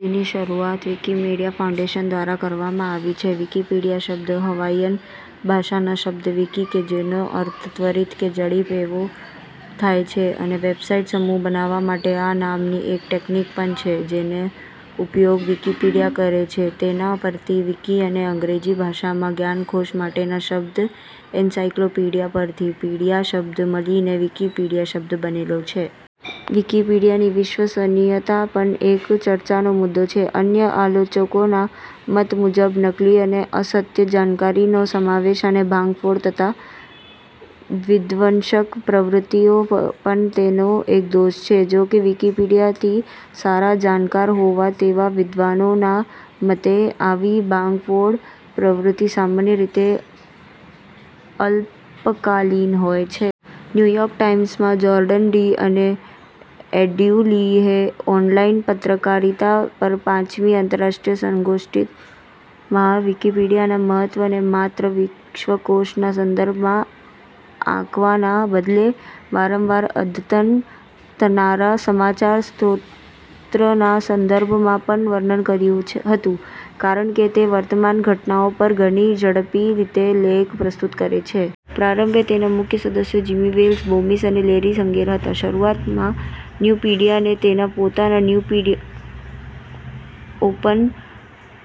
જેની શરૂઆત Wikimedia foundation દ્વારા કરવામાં આવી છે. વિકિપીડિયા શબ્દ હવાઇયન ભાષાના શબ્દ વિકિ -કે જેનો અર્થ ત્વરિત કે ઝડપી એવો થાય છે અને વેબસાઇટ સમૂહ બનાવવા માટે આ નામની એક ટેકનિક પણ છે-જેનો ઉપયોગ વિકિપીડિયા કરે છે તેના પરથી વિકિ અને અંગ્રેજી ભાષામાં જ્ઞાનકોશ માટેના શબ્દ એન્સાઇક્લોપીડિયા પરથી પીડિયા શબ્દ મળીને વિકિપીડિયા શબ્દ બનેલો છે. વિકિપીડિયાની વિશ્વસનીયતા પણ એક ચર્ચાનો મુદ્દો છે. અન્ય આલોચકોના મત મુજબ નકલી અને અસત્ય જાણકારીનો સમાવેશ અને ભાંગફોડ તથા વિધ્વંસક પ્રવૃત્તિઓ પણ તેનો એક દોષ છે. જો કે વિકિપીડિયાથી સારા જાણકાર હોય તેવા વિદ્વાનોના મતે આવી ભાંગફોડ પ્રવૃત્તિ સામાન્ય રીતે અલ્પકાલીન હોય છે. ન્યૂયોર્ક ટાઇમ્સના જોન્સન ડી અને એંડ્રયુ લીહે ઓનલાઈન પત્રકારિતા પર પાંચમી આંતરરાષ્ટ્રીય સંગોષ્ટિમાં વિકિપીડિયાના મહત્વને માત્ર વિશ્વકોશના સંદર્ભમાં આંકવાના બદલે વારંવાર અદ્યતન થનારા સમાચાર સ્ત્રોતના સંદર્ભમાં પણ વર્ણન કર્યું હતુ. કારણ કે તે વર્તમાન ઘટનાઓ પર ઘણી ઝડપી રીતે લેખો પ્રસ્તુત કરે છે. પ્રારંભે તેના મુખ્ય સદસ્યો જિમી વેલ્સ, બોમિસ અને લૈરી સંગેર હતા. શરૂઆતમાં ન્યૂપીડિયાને તેના પોતાના ન્યૂપીડિયા ઓપન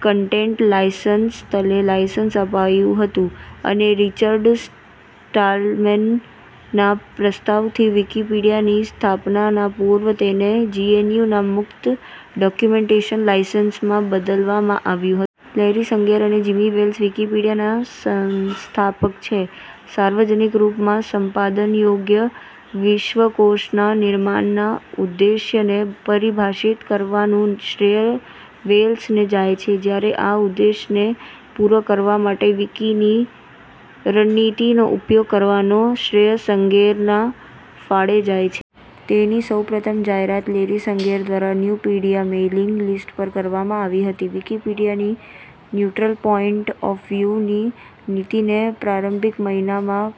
કન્ટેન્ટ લાયસન્સ તળે લાયસન્સ અપાયુંં હતુંં અને રિચર્ડ સ્ટાલમનના પ્રસ્તાવથી વિકિપીડિયાની સ્થાપના પૂર્વે તેને GNUના મુક્ત ડૉક્યુમેન્ટેશન લાયસન્સમાં બદલવામાં આવ્યું હતું. લૈરી સંગેર અને જિમી વેલ્સ વિકિપીડિયાના સંસ્થાપક છે. સાર્વજનિક રૂપમાં સંપાદનયોગ્ય વિશ્વકોશના નિર્માણના ઉદ્દેશ્યને પરિભાષિત કરવાનું શ્રેય વેલ્સને જાય છે. જ્યારે આ ઉદ્દેશ્યને પૂરો કરવા માટે વિકિની રણનીતિનો ઉપયોગ કરવાનો શ્રેય સંગેરના ફાળે જાય છે. તેની સૌપ્રથમ જાહેરાત લૈરી સંગેર દ્વારા ન્યૂપીડિયા મેઇલિંગ લિસ્ટ પર કરવામાં આવી હતી. વિકિપીડિયાની "ન્યૂટ્રલ પોઇન્ટ ઑફ વ્યૂ" ની નીતિને પ્રારંભિક મહિનામાં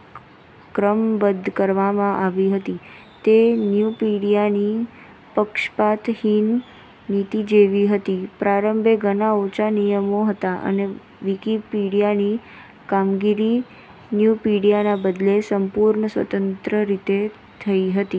ક્રમબદ્ધ કરવામાં આવી હતી, તે ન્યૂપીડિયાની પક્ષપાતહીન નીતિ જેવી હતી. પ્રારંભે ઘણા ઓછા નિયમો હતા અને વિકિપીડિયાની કામગીરી ન્યૂપીડિયાના બદલે સંપૂર્ણ સ્વતંત્ર રીતે થતી હતી.।